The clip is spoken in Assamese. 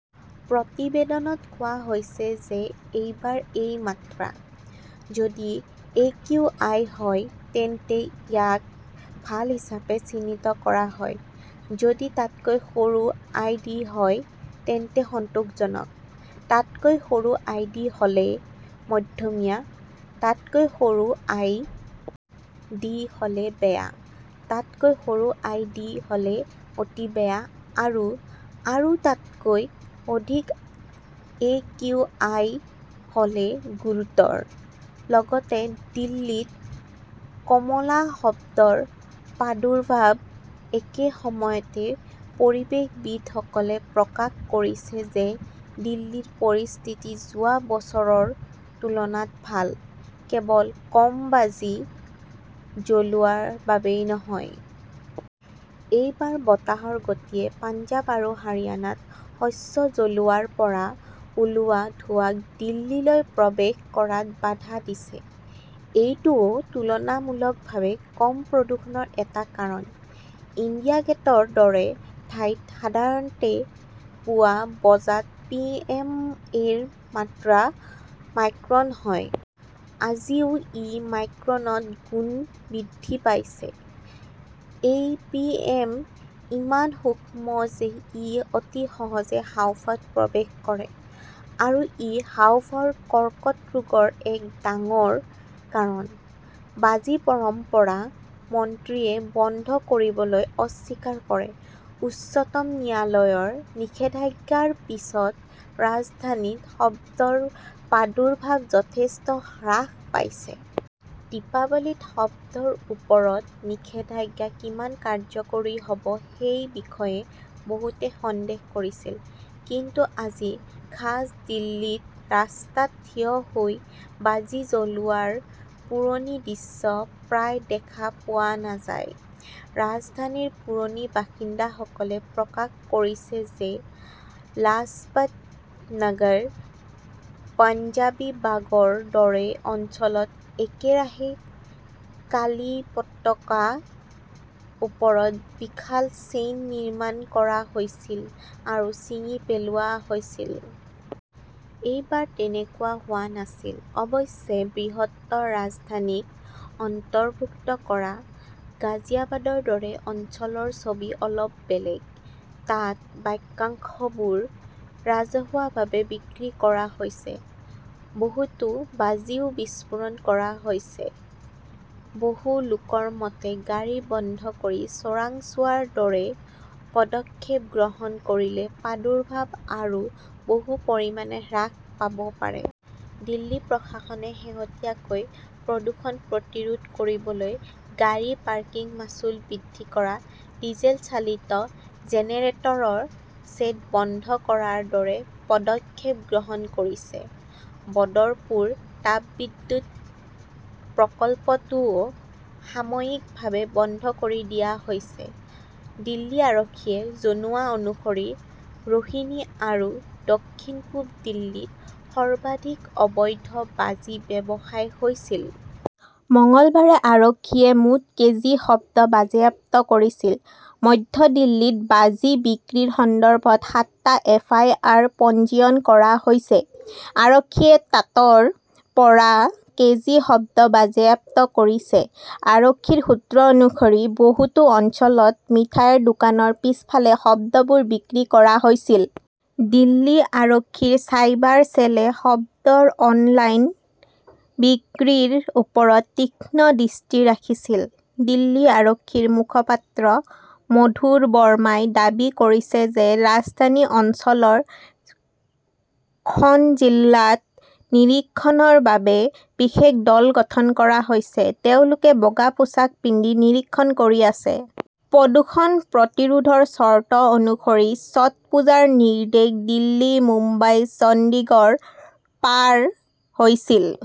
প্ৰতিবেদনত কোৱা হৈছে যে এইবাৰ এই মাত্ৰা। যদি একিউআই হয় তেন্তে ইয়াক 'ভাল হিচাপে চিহ্নিত কৰা হয়। যদি তাতকৈ সৰু আই. ডি. হয় তেন্তে 'সন্তোষজনক'।তাতকৈ সৰু আই. ডি. হ 'লে' মধ্যমীয়া ', তাতকৈ সৰু আই. ডি. হ' লে 'বেয়া', তাতকৈ সৰু আই. ডি. হ 'লে' অতি বেয়া 'আৰু আৰু তাতকৈ অধিক একিউ. আই. হ' লে 'গুৰুতৰ'। লগতে দিল্লীত কমলা শব্দৰ প্ৰাদুৰ্ভাৱ একে সময়তে পৰিৱেশবিদসকলে প্ৰকাশ কৰিছে যে দিল্লীৰ পৰিস্থিতি যোৱা বছৰৰ তুলনাত ভাল, কেৱল কম বাজি জ্বলোৱাৰ বাবেই নহয়। এইবাৰ বতাহৰ গতিয়ে পঞ্জাৱ আৰু হাৰিয়ানাত শস্য জ্বলোৱাৰ পৰা ওলোৱা ধোঁৱাক দিল্লীলৈ প্ৰৱেশ কৰাত বাধা দিছে। এইটোও তুলনামূলকভাৱে কম প্ৰদূষণৰ এটা কাৰণ। ইণ্ডিয়া গেটৰ দৰে ঠাইত সাধাৰণতে পুৱা বজাত পিএম -এৰ মাত্ৰা মাইক্ৰন হয়। আজি ই মাইক্ৰনত গুণ বৃদ্ধি পাইছে। এই পিএম ইমান সূক্ষ্ম যে ই অতি সহজে হাঁওফাঁওত প্ৰৱেশ কৰে আৰু ই হাঁওফাঁওৰ কৰ্কট ৰোগৰ এক ডাঙৰ কাৰণ। বাজি 'পৰম্পৰা, মন্ত্ৰীয়ে বন্ধ কৰিবলৈ অস্বীকাৰ কৰে উচ্চতম ন্যায়ালয়ৰ নিষেধাজ্ঞাৰ পিছত ৰাজধানীত শব্দৰ প্ৰাদুৰ্ভাৱ যথেষ্ট হ্ৰাস পাইছে। দীপাৱলীত শব্দৰ ওপৰত নিষেধাজ্ঞা কিমান কাৰ্যকৰী হব সেই বিষয়ে বহুতে সন্দেহ কৰিছিল। কিন্তু আজি খাস দিল্লীত ৰাস্তাত থিয় হৈ বাজি জ্বলোৱাৰ পুৰণি দৃশ্য প্ৰায় দেখা পোৱা নাযায়। ৰাজধানীৰ পুৰণি বাসিন্দাসকলে প্ৰকাশ কৰিছে যে লাজপাটনগৰ, পঞ্জাৱিবাগৰ দৰে অঞ্চলত একেৰাহে কালীপটকাৰ ওপৰত বিশাল চেইন নিৰ্মাণ কৰা হৈছিল আৰু ছিঙি পেলোৱা হৈছিল। এইবাৰ তেনেকুৱা হোৱা নাছিল। অৱশ্যে, বৃহত্তৰ ৰাজধানী ক অন্তৰ্ভুক্ত কৰা গাজিয়াবাদৰ দৰে অঞ্চলৰ ছবি অলপ বেলেগ। তাত বাক্যাংশবোৰ ৰাজহুৱাভাৱে বিক্ৰী কৰা হৈছে। বহুতো বাজিও বিস্ফোৰণ কৰা হৈছে। বহু লোকৰ মতে, গাড়ী বন্ধ কৰি চোৰাংচোৱাৰ দৰে পদক্ষেপ গ্ৰহণ কৰিলে প্ৰাদুৰ্ভাৱ আৰু বহু পৰিমাণে হ্ৰাস পাব পাৰে। দিল্লী প্ৰশাসনে শেহতীয়াকৈ প্ৰদূষণ প্ৰতিৰোধ কৰিবলৈ গাড়ী পাৰ্কিং মাচুল বৃদ্ধি কৰা, ডিজেল চালিত জেনেৰেটৰ ছেট বন্ধ কৰাৰ দৰে পদক্ষেপ গ্ৰহণ কৰিছে। বদৰপুৰ তাপবিদ্যুৎ প্ৰকল্পটোও সাময়িকভাৱে বন্ধ কৰি দিয়া হৈছে। দিল্লী আৰক্ষীয়ে জনোৱা অনুসৰি ৰোহিনী আৰু দক্ষিণ-পূব দিল্লীত সৰ্বাধিক অবৈধ বাজি ব্যৱসায় হৈছিল। মঙলবাৰে আৰক্ষীয়ে মুঠ কেজি শব্দ বাজেয়াপ্ত কৰিছিল। মধ্য দিল্লীত বাজি বিক্ৰীৰ সন্দৰ্ভত সাতটা এফ. আই. আৰ. পঞ্জীয়ন কৰা হৈছে। আৰক্ষীয়ে তাতৰ পৰা কেজি শব্দ বাজেয়াপ্ত কৰিছে। আৰক্ষীৰ সূত্ৰ অনুসৰি, বহুতো অঞ্চলত মিঠাইৰ দোকানৰ পিছফালে শব্দবোৰ বিক্ৰী কৰা হৈছিল। দিল্লী আৰক্ষীৰ চাইবাৰ ছেইলে শব্দৰ অনলাইন বিক্ৰীৰ ওপৰত তীক্ষ্ণ দৃষ্টি ৰাখিছিল। দিল্লী আৰক্ষীৰ মুখপাত্ৰ মধুৰ বাৰ্মাই দাবী কৰিছে যে ৰাজধানী অঞ্চলৰ খন জিলাত নিৰীক্ষণৰ বাবে বিশেষ দল গঠন কৰা হৈছে। তেওঁলোকে বগা পোছাক পিন্ধি নিৰীক্ষণ কৰি আছে। প্ৰদূষণ প্ৰতিৰোধৰ চৰ্ত অনুসৰি ছট পূজাৰ নিৰ্দেশ দিল্লী, মুম্বাই, চণ্ডীগড় পাৰ হৈছিল।